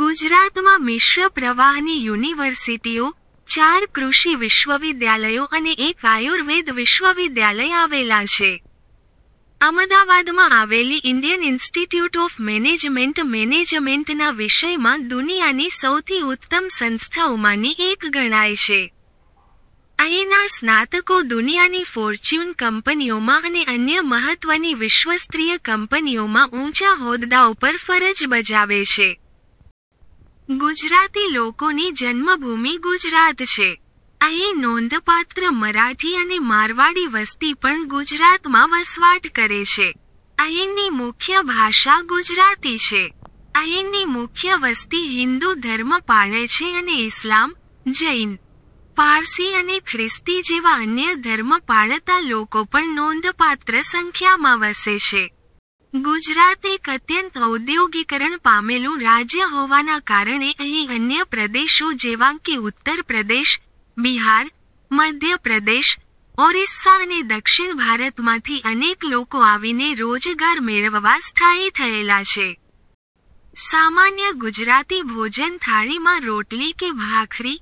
ગુજરાતમાં મિશ્ર પ્રવાહની યુનિવર્સિટીઓ, ચાર કૃષિ વિશ્વવિદ્યાલયો અને એક આયુર્વેદ વિશ્વવિદ્યાલય આવેલાં છે. અમદાવાદમાં આવેલી ઇન્ડિયન ઇન્સ્ટીટયુટ ઓફ મેનેજમેન્ટ મેનેજમેન્ટના વિષયમાં દુનિયાની સૌથી ઉત્તમ સંસ્થાઓમાંની એક ગણાય છે. અહીંના સ્નાતકો દુનિયાની ફોર્ચ્યુન કંપનીઓમાં અને અન્ય મહત્વની વિશ્વસ્તરીય કંપનીઓમાં ઊંચા હોદ્દાઓ પર ફરજ બજાવે છે. ગુજરાતી લોકોની જન્મભૂમિ ગુજરાત છે. અહીં નોંધપાત્ર મરાઠી અને મારવાડી વસ્તી પણ ગુજરાતમાં વસવાટ કરે છે. અહીંની મુખ્ય ભાષા ગુજરાતી છે. અહીંની મુખ્ય વસ્તી હિંદુ ધર્મ પાળે છે અને ઇસ્લામ, જૈન, પારસી અને ખ્રિસ્તી જેવા અન્ય ધર્મ પાળતા લોકો પણ નોંધપાત્ર સંખ્યામાં વસે છે. ગુજરાત એક અત્યંત ઔદ્યોગિકરણ પામેલું રાજ્ય હોવાના કારણે અહીં અન્ય પ્રદેશો જેવાં કે ઉત્તર પ્રદેશ, બિહાર, મધ્ય પ્રદેશ, ઓરિસ્સા અને દક્ષિણ ભારતમાંથી અનેક લોકો આવીને રોજગાર મેળવવા સ્થાયી થયેલા છે. સામાન્ય ગુજરાતી ભોજન થાળીમાં રોટલી કે ભાખરી,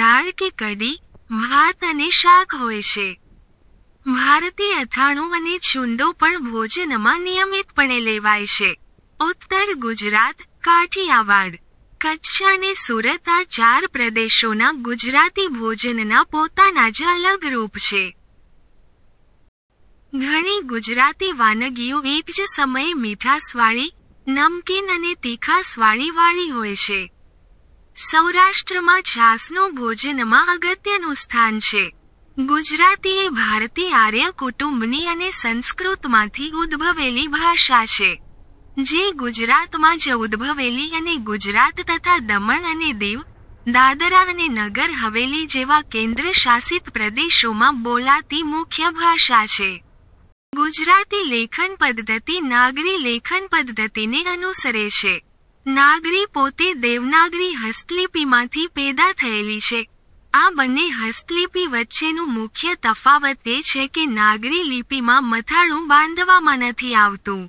દાળ કે કઢી, ભાત અને શાક હોય છે. ભારતીય અથાણું અને છુંદો પણ ભોજનમાં નિયમિતપણે લેવાય છે. ઉત્તર ગુજરાત, કાઠીયાવાડ, કચ્છ અને સુરત આ ચાર પ્રદેશોનાં ગુજરાતી ભોજનના પોતાના જ અલગ રૂપ છે. ઘણી ગુજરાતી વાનગીઓ એક જ સમયે મિઠાસવાળી, નમકીન અને તીખાસવાળી વાળી હોય છે. સૌરાષ્ટ્રમાં છાસનું ભોજનમાં અગત્યનું સ્થાન છે. ગુજરાતી એ ભારતીય આર્ય કુટુંબની અને સંસ્કૃતમાંથી ઉદ્ભવેલી ભાષા છે, જે ગુજરાતમાં જ ઉદભવેલી અને ગુજરાત તથા દમણ અને દીવ, દાદરા અને નગર હવેલી જેવા કેન્દ્ર શાસિત પ્રદેશોમાં બોલાતી મુખ્ય ભાષા છે. ગુજરાતી લેખનપધ્ધતિ નાગરી લેખનપધ્ધતિને અનુસરે છે. નાગરી પોતે દેવનાગરી હસ્તલિપિમાંથી પેદા થયેલી છે, આ બંને હસ્તલિપિ વચ્ચેનું મુખ્ય તફાવત એ છે કે નાગરી લિપિમાં મથાળું બાંધવામાં નથી આવતું.